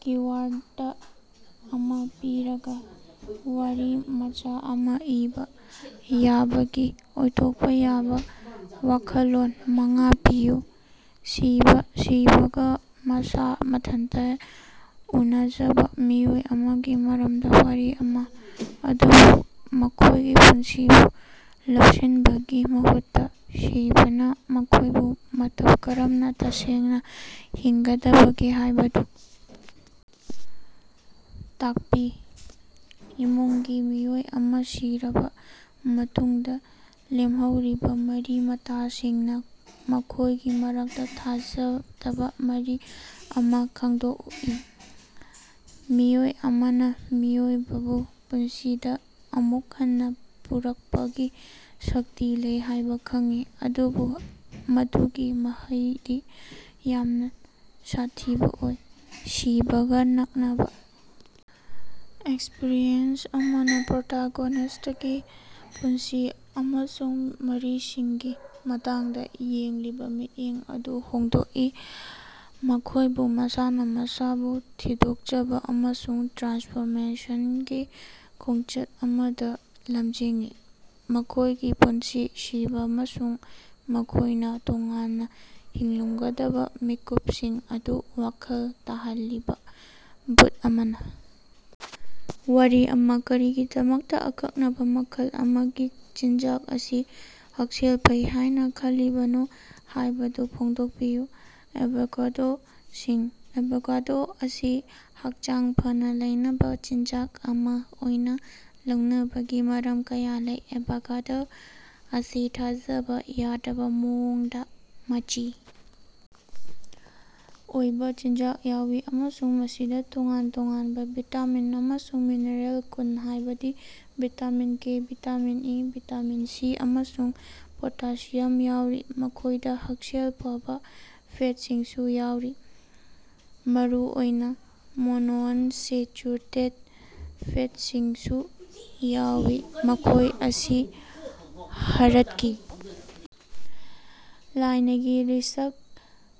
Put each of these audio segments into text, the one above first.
Keyword ꯑꯃ ꯄꯤꯔꯒ, ꯋꯥꯔꯤꯃꯆꯥ ꯑꯃ ꯏꯕ ꯌꯥꯕꯒꯤ ꯑꯣꯏꯊꯣꯛꯄ ꯌꯥꯕ ꯋꯥꯈꯜꯂꯣꯟ ꯃꯉꯥ ꯄꯤꯌꯨ꯫ ꯁꯤꯕ:ꯁꯤꯕꯒ ꯃꯁꯥ ꯃꯊꯟꯇ ꯎꯅꯖꯕ ꯃꯤꯑꯣꯏ ꯑꯃꯒꯤ ꯃꯔꯝꯗ ꯋꯥꯔꯤ ꯑꯃ, ꯑꯗꯨꯕꯨ ꯃꯈꯣꯏꯒꯤ ꯄꯨꯟꯁꯤꯕꯨ ꯂꯧꯁꯤꯟꯕꯒꯤ ꯃꯍꯨꯠꯇ ꯁꯤꯕꯅ ꯃꯈꯣꯏꯕꯨ ꯃꯇꯧ ꯀꯔꯝꯅ ꯇꯁꯦꯡꯅ ꯍꯤꯡꯒꯗꯒꯦ ꯍꯥꯏꯕꯗꯨ ꯇꯥꯛꯄꯤ꯫ ꯏꯃꯨꯡꯒꯤ ꯃꯤꯑꯣꯏ ꯑꯃ ꯁꯤꯔꯕ ꯃꯇꯨꯡꯗ ꯂꯦꯝꯍꯧꯔꯤꯕ ꯃꯔꯤ-ꯃꯇꯥꯁꯤꯡꯅ ꯃꯈꯣꯏꯒꯤ ꯃꯔꯛꯇ ꯊꯥꯖꯗꯕ ꯃꯔꯤ ꯑꯃ ꯈꯪꯗꯣꯛꯏ꯫ ꯃꯤꯑꯣꯏ ꯑꯃꯅ ꯃꯤꯑꯣꯏꯕꯕꯨ ꯄꯨꯟꯁꯤꯗ ꯑꯃꯨꯛ ꯍꯟꯅ ꯄꯨꯔꯛꯄꯒꯤ ꯁꯛꯇꯤ ꯂꯩ ꯍꯥꯏꯕ ꯈꯪꯏ, ꯑꯗꯨꯕꯨ ꯃꯗꯨꯒꯤ ꯃꯍꯩꯗꯤ ꯌꯥꯝꯅ ꯁꯥꯊꯤꯕ ꯑꯣꯏ꯫ ꯁꯤꯕꯒ ꯅꯛꯅꯕ ꯑꯦꯛꯁꯄꯔꯤꯑꯦꯟꯁ ꯑꯃꯅ ꯄ꯭ꯔꯣꯇꯣꯒꯣꯅꯤꯁ꯭ꯇꯀꯤ ꯄꯨꯟꯁꯤ ꯑꯃꯁꯨꯡ ꯃꯔꯤꯁꯤꯡꯒꯤ ꯃꯇꯥꯡꯗ ꯌꯦꯡꯂꯤꯕ ꯃꯤꯠꯌꯦꯡ ꯑꯗꯨ ꯍꯣꯡꯗꯣꯛꯏ, ꯃꯈꯣꯏꯕꯨ ꯃꯁꯥꯅ ꯃꯁꯥꯕꯨ ꯊꯤꯗꯣꯛꯆꯕ ꯑꯃꯁꯨꯡ ꯇ꯭ꯔꯥꯟꯁꯐꯣꯔꯃꯦꯁꯟꯒꯤ ꯈꯣꯡꯆꯠ ꯑꯃꯗ ꯂꯝꯖꯤꯡꯏ꯫ ꯃꯈꯣꯏꯒꯤ ꯄꯨꯟꯁꯤ, ꯁꯤꯕ ꯑꯃꯁꯨꯡ ꯃꯈꯣꯏꯅ ꯇꯣꯉꯥꯟꯅ ꯍꯤꯡꯂꯝꯒꯗꯕ ꯃꯤꯀꯨꯞꯁꯤꯡ ꯑꯗꯨ ꯋꯥꯈꯜ ꯇꯥꯍꯜꯂꯤꯕ ꯚꯨꯠ ꯑꯃꯅ ꯋꯥꯔꯤ ꯑꯃ꯫ ꯀꯔꯤꯒꯤꯗꯃꯛꯇ ꯑꯀꯛꯅꯕ ꯃꯈꯜ ꯑꯃꯒꯤ ꯆꯤꯟꯖꯥꯛ ꯑꯁꯤ ꯍꯛꯁꯦꯜ ꯐꯩ ꯍꯥꯏꯅ ꯈꯜꯂꯤꯕꯅꯣ ꯍꯥꯌꯕꯗꯨ ꯐꯣꯡꯗꯣꯛꯄꯤꯌꯨ꯫ ꯑꯦꯚꯣꯀꯦꯗꯣꯁꯤꯡ: ꯑꯦꯚꯣꯀꯦꯗꯣ ꯑꯁꯤ ꯍꯛꯆꯥꯡ ꯐꯅ ꯂꯩꯅꯕ ꯆꯤꯟꯖꯥꯛ ꯑꯃ ꯑꯣꯏꯅ ꯂꯧꯅꯕꯒꯤ ꯃꯔꯝ ꯀꯌꯥ ꯂꯩ꯫ ꯑꯦꯚꯣꯀꯦꯗꯣ ꯑꯁꯤ ꯊꯥꯖꯕ ꯌꯥꯗꯕ ꯃꯑꯣꯡꯗ ꯃꯆꯤ ꯑꯣꯏꯕ ꯆꯤꯟꯖꯥꯛ ꯌꯥꯎꯏ ꯑꯃꯁꯨꯡ ꯃꯁꯤꯗ ꯇꯣꯉꯥꯟ ꯇꯣꯉꯥꯟꯕ ꯚꯤꯇꯥꯃꯤꯟ ꯑꯃꯁꯨꯡ ꯃꯤꯅꯔꯦꯜ ꯀꯨꯟ ꯍꯥꯏꯕꯗꯤ vitamin K, vitamin E, vitamin C, ꯑꯃꯁꯨꯡ ꯄꯣꯇꯥꯁꯤꯌꯝ ꯌꯥꯎꯔꯤ꯫ ꯃꯈꯣꯏꯗ ꯍꯛꯁꯦꯜ ꯐꯕ ꯐꯦꯇꯁꯤꯡꯁꯨ ꯌꯥꯎꯏ, ꯃꯔꯨꯑꯣꯏꯅ ꯃꯣꯅꯣꯑꯟꯁꯦꯆꯨꯔꯦꯇꯦꯠ ꯐꯦꯠꯁꯤꯡꯁꯨ ꯌꯥꯎꯏ, ꯃꯈꯣꯏ ꯑꯁꯤ ꯍꯥꯔꯠꯀꯤ ꯂꯥꯏꯅꯥꯒꯤ ꯔꯤꯁ꯭ꯛ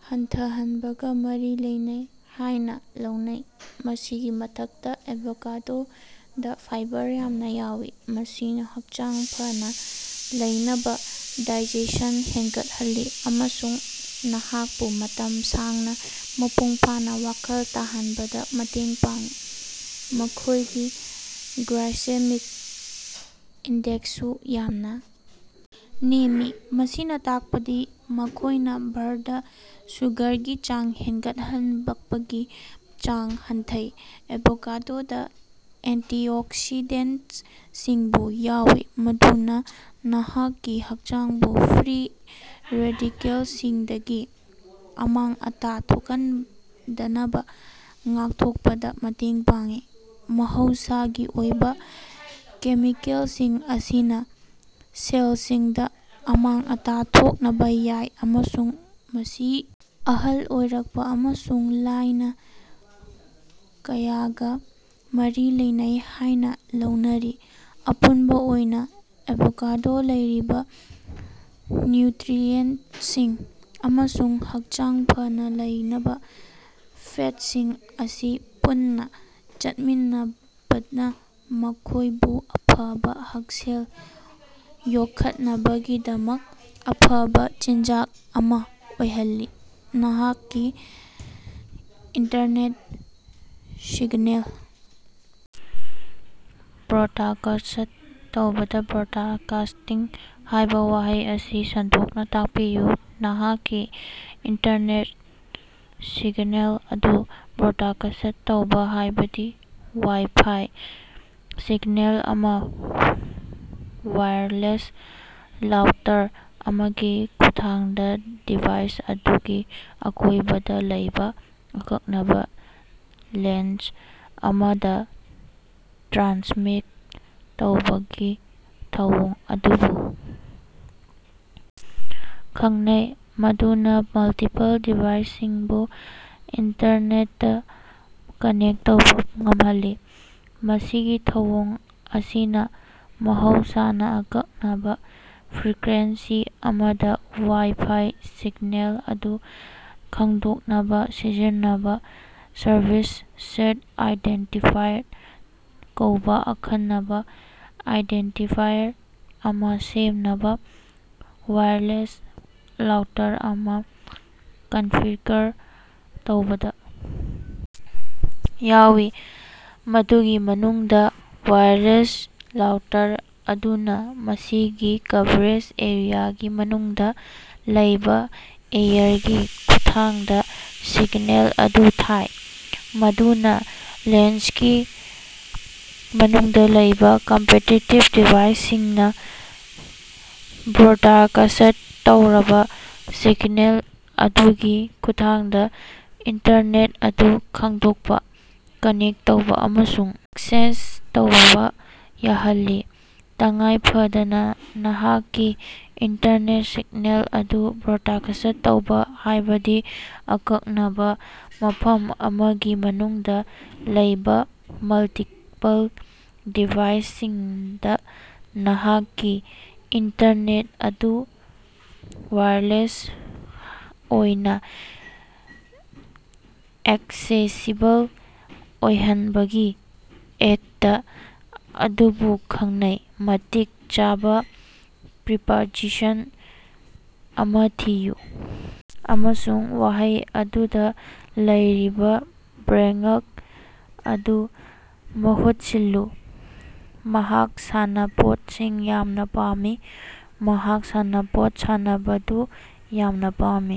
ꯍꯟꯊꯍꯟꯕꯒ ꯃꯔꯤ ꯂꯩꯅꯩ ꯍꯥꯏꯅ ꯂꯧꯅꯩ꯫ ꯃꯁꯤꯒꯤ ꯃꯊꯛꯇ, ꯑꯦꯚꯣꯀꯦꯗꯣꯗ ꯐꯥꯏꯕꯔ ꯌꯥꯝꯅ ꯌꯥꯎꯏ, ꯃꯁꯤꯅ ꯍꯛꯆꯥꯡ ꯐꯅ ꯂꯩꯅꯕ ꯗꯥꯏꯖꯦꯁꯟ ꯍꯦꯟꯒꯠꯍꯜꯂꯤ ꯑꯃꯁꯨꯡ ꯅꯍꯥꯛꯄꯨ ꯃꯇꯝ ꯁꯥꯡꯅ ꯃꯄꯨꯡ ꯐꯥꯅ ꯋꯥꯈꯜ ꯇꯥꯍꯟꯕꯗ ꯃꯇꯦꯡ ꯄꯥꯡꯏ꯫ ꯃꯈꯣꯏꯒꯤ ꯒ꯭ꯂꯥꯏꯁꯦꯃꯤꯛ ꯏꯟꯗꯦꯛꯁꯁꯨ ꯌꯥꯝꯅ ꯅꯦꯝꯃꯤ, ꯃꯁꯤꯅ ꯇꯥꯛꯄꯗꯤ ꯃꯈꯣꯏꯅ ꯕ꯭ꯂꯗ ꯁꯨꯒ꯭ꯔꯒꯤ ꯆꯥꯡ ꯍꯦꯟꯒꯠꯂꯛꯄꯒꯤ ꯆꯥꯡ ꯍꯟꯊꯩ꯫ ꯑꯦꯚꯣꯀꯦꯗꯣꯗ ꯑꯦꯟꯇꯤꯑꯣꯛꯁꯤꯗꯦꯟꯠꯁꯤꯡꯁꯨ ꯌꯥꯎꯏ, ꯃꯗꯨꯅ ꯅꯍꯥꯛꯀꯤ ꯍꯛꯆꯥꯡꯕꯨ ꯐ꯭ꯔꯤ ꯔꯦꯗꯤꯀꯦꯂꯁꯤꯡꯗꯒꯤ ꯑꯃꯥꯡ-ꯑꯇꯥ ꯊꯣꯛꯍꯟꯗꯅꯕ ꯉꯥꯛꯊꯣꯛꯄꯗ ꯃꯇꯦꯡ ꯄꯥꯡꯏ꯫ ꯃꯍꯧꯁꯥꯒꯤ ꯑꯣꯏꯕ ꯀꯦꯃꯤꯀꯦꯂꯁꯤꯡ ꯑꯁꯤꯅ ꯁꯦꯂꯁꯤꯡꯗ ꯑꯃꯥꯡ-ꯑꯇꯥ ꯊꯣꯛꯅꯕ ꯌꯥꯏ ꯑꯃꯁꯨꯡ ꯃꯁꯤ ꯑꯍꯜ ꯑꯣꯏꯔꯛꯄ ꯑꯃꯁꯨꯡ ꯂꯥꯏꯅꯥ ꯀꯌꯥꯒꯥ ꯃꯔꯤ ꯂꯩꯅꯩ ꯍꯥꯏꯅ ꯂꯧꯅꯔꯤ꯫ ꯑꯄꯨꯟꯕ ꯑꯣꯏꯅ, ꯑꯦꯚꯣꯀꯦꯗꯣꯗ ꯂꯩꯔꯤꯕ ꯅ꯭ꯌꯨꯇꯔꯤꯑꯦꯟꯠꯁꯤꯡ ꯑꯃꯁꯨꯡ ꯍꯛꯆꯥꯡ ꯐꯅ ꯂꯩꯅꯕ ꯐꯦꯠꯁꯤꯡ ꯑꯁꯤ ꯄꯨꯟꯅ ꯆꯠꯃꯤꯟꯅꯕꯅ ꯃꯈꯣꯏꯕꯨ ꯑꯐꯕ ꯍꯛꯁꯦꯜ ꯌꯣꯛꯈꯠꯅꯕꯒꯤꯗꯃꯛ ꯑꯐꯕ ꯆꯤꯟꯖꯥꯛ ꯑꯃꯥ ꯑꯣꯏꯍꯜꯂꯤ꯫ ꯅꯍꯥꯛꯀꯤ ꯏꯟꯇꯔꯅꯦꯠ ꯁꯤꯒꯅꯦꯜ ꯕ꯭ꯔꯣꯗꯀꯥꯁ꯭ꯠ ꯇꯧꯕꯗ 'ꯕ꯭ꯔꯣꯗꯀꯥꯁ꯭ꯇꯤꯡ' ꯍꯥꯏꯕ ꯋꯥꯍꯩ ꯑꯁꯤ ꯁꯟꯗꯣꯛꯅ ꯇꯥꯀꯄꯤꯌꯨ꯫ ꯅꯍꯥꯛꯀꯤ ꯏꯟꯇꯔꯅꯦꯠ ꯁꯤꯒꯅꯦꯜ ꯑꯗꯨ ꯕ꯭ꯔꯣꯗꯀꯥꯁ꯭ꯠ ꯇꯧꯕ ꯍꯥꯏꯕꯁꯤ ꯋꯥꯏ-ꯐꯥꯏ ꯁꯤꯒꯅꯦꯜ ꯑꯃ ꯋꯥꯏ꯭ꯔꯂꯦꯁ ꯔꯥꯎꯇꯔ ꯑꯃꯒꯤ ꯈꯨꯠꯊꯥꯡꯗ ꯗꯤꯚꯥꯏꯁ ꯑꯗꯨꯒꯤ ꯑꯀꯣꯏꯕꯗ ꯂꯩꯕ ꯑꯀꯛꯅꯕ ꯔꯦꯟꯖ ꯑꯃꯗ ꯇ꯭ꯔꯥꯟꯁꯃꯤꯠ ꯇꯧꯕꯒꯤ ꯊꯧꯑꯣꯡ ꯑꯗꯨꯕꯨ ꯈꯪꯅꯩ, ꯃꯗꯨꯅ ꯃꯜꯇꯤꯄꯜ ꯗꯤꯚꯥꯏꯁꯁꯤꯡꯕꯨ ꯏꯟꯇꯔꯅꯦꯠꯇ ꯀꯅꯦꯛ ꯇꯧꯕꯥ ꯉꯝꯍꯜꯂꯤ꯫ ꯃꯁꯤꯒꯤ ꯊꯧꯑꯣꯡ ꯑꯁꯤꯅ ꯃꯍꯧꯁꯥꯅ ꯑꯀꯛꯅꯕ ꯐ꯭ꯔꯤꯀ꯭ꯋꯦꯟꯁꯤ ꯑꯃꯗ ꯋꯥꯏ-ꯐꯥꯏ ꯁꯤꯒꯅꯦꯜ ꯑꯗꯨ ꯈꯪꯗꯣꯛꯅꯕ ꯁꯤꯖꯤꯟꯅꯕ ꯁꯔꯚꯤꯁ ꯁꯦꯠ ꯑꯥꯏꯗꯦꯟꯇꯤꯐꯥꯌꯔ ꯀꯧꯕ ꯑꯈꯟꯅꯕ ꯑꯥꯏꯗꯦꯟꯇꯤꯐꯥꯌꯔ ꯑꯃ ꯁꯦꯝꯅꯕ ꯋꯥꯏꯔꯂꯦꯁ ꯔꯥꯎꯇꯔ ꯑꯃ ꯀꯟꯐꯤꯒꯔ ꯇꯧꯕꯗ ꯌꯥꯎꯏ꯫ ꯃꯗꯨꯒꯤ ꯃꯇꯨꯡꯗꯥ ꯋꯥꯏꯔꯂꯦꯁ ꯔꯥꯎꯇꯔ ꯑꯗꯨꯅꯥ ꯃꯁꯤꯒꯤ ꯀꯚꯔꯦꯖ ꯑꯦꯔꯤꯌꯥꯒꯤ ꯃꯅꯨꯡꯗ ꯂꯩꯕ ꯑꯦꯌꯔꯒꯤ ꯈꯨꯠꯊꯥꯡꯗ ꯁꯤꯒꯅꯦꯜ ꯑꯗꯨ ꯊꯥꯏ, ꯃꯗꯨꯅ ꯔꯦꯟꯖꯀꯤ ꯃꯅꯨꯡꯗ ꯂꯩꯕꯥ ꯀꯝꯄꯦꯇꯤꯇꯤꯕ ꯗꯤꯚꯥꯏꯁꯁꯤꯡꯅ ꯕ꯭ꯔꯣꯗꯀꯥꯁ꯭ꯠ ꯇꯧꯔꯕ ꯁꯤꯒꯅꯦꯜ ꯑꯗꯨꯒꯤ ꯈꯨꯠꯊꯥꯡꯗ ꯏꯟꯇꯔꯅꯦꯠ ꯑꯗꯨ ꯈꯪꯗꯣꯛꯄ, ꯀꯅꯦꯛ ꯇꯧꯕ ꯑꯃꯁꯨꯡ ꯑꯦꯛꯁꯦꯁ ꯇꯧꯕ ꯌꯥꯍꯜꯂꯤ꯫ ꯇꯉꯥꯏꯐꯗꯅ, ꯅꯍꯥꯛꯀꯤ ꯏꯟꯇꯔꯅꯦꯠ ꯁꯤꯒꯅꯦꯜ ꯑꯗꯨ ꯕ꯭ꯔꯣꯗꯀꯥꯁ꯭ꯠ ꯇꯧꯕ ꯍꯥꯏꯕꯁꯤꯅ, ꯑꯀꯛꯅꯕ ꯃꯐꯝ ꯑꯃꯒꯤ ꯃꯅꯨꯡꯗ ꯂꯩꯕ ꯃꯜꯇꯤꯄꯜ ꯗꯤꯚꯥꯏꯁꯁꯤꯡꯗ ꯅꯍꯥꯛꯀꯤ ꯏꯟꯇꯔꯅꯦꯠ ꯑꯗꯨ ꯋꯥꯏꯔꯂꯦꯁ ꯑꯣꯏꯅ ꯑꯦꯛꯁꯦꯁꯤꯕꯜ ꯑꯣꯏꯍꯟꯕꯒꯤ ꯑꯦꯛꯇ ꯑꯗꯨꯕꯨ ꯈꯪꯅꯩ꯫ ꯃꯇꯤꯛ ꯆꯥꯕꯥ ꯄ꯭ꯔꯤꯄꯖꯤꯁꯟ ꯑꯃꯥ ꯊꯤꯌꯨ ꯑꯃꯁꯨꯡ ꯋꯥꯍꯩ ꯑꯗꯨꯗꯥ ꯂꯩꯔꯤꯕꯥ ꯕ꯭ꯂꯦꯉ꯭ꯛ ꯑꯗꯨ ꯃꯍꯨꯠ ꯁꯤꯜꯂꯨ꯫ ꯃꯍꯥꯛ ꯁꯥꯟꯅꯄꯣꯠꯁꯤꯡ ꯌꯥꯝꯅꯥ ꯄꯥꯝꯃꯤ꯫ ꯃꯍꯥꯛ ꯁꯥꯟꯅꯄꯣꯠ ꯁꯥꯟꯅꯕꯗꯨ ꯌꯥꯝꯅ ꯄꯥꯝꯃꯤ꯫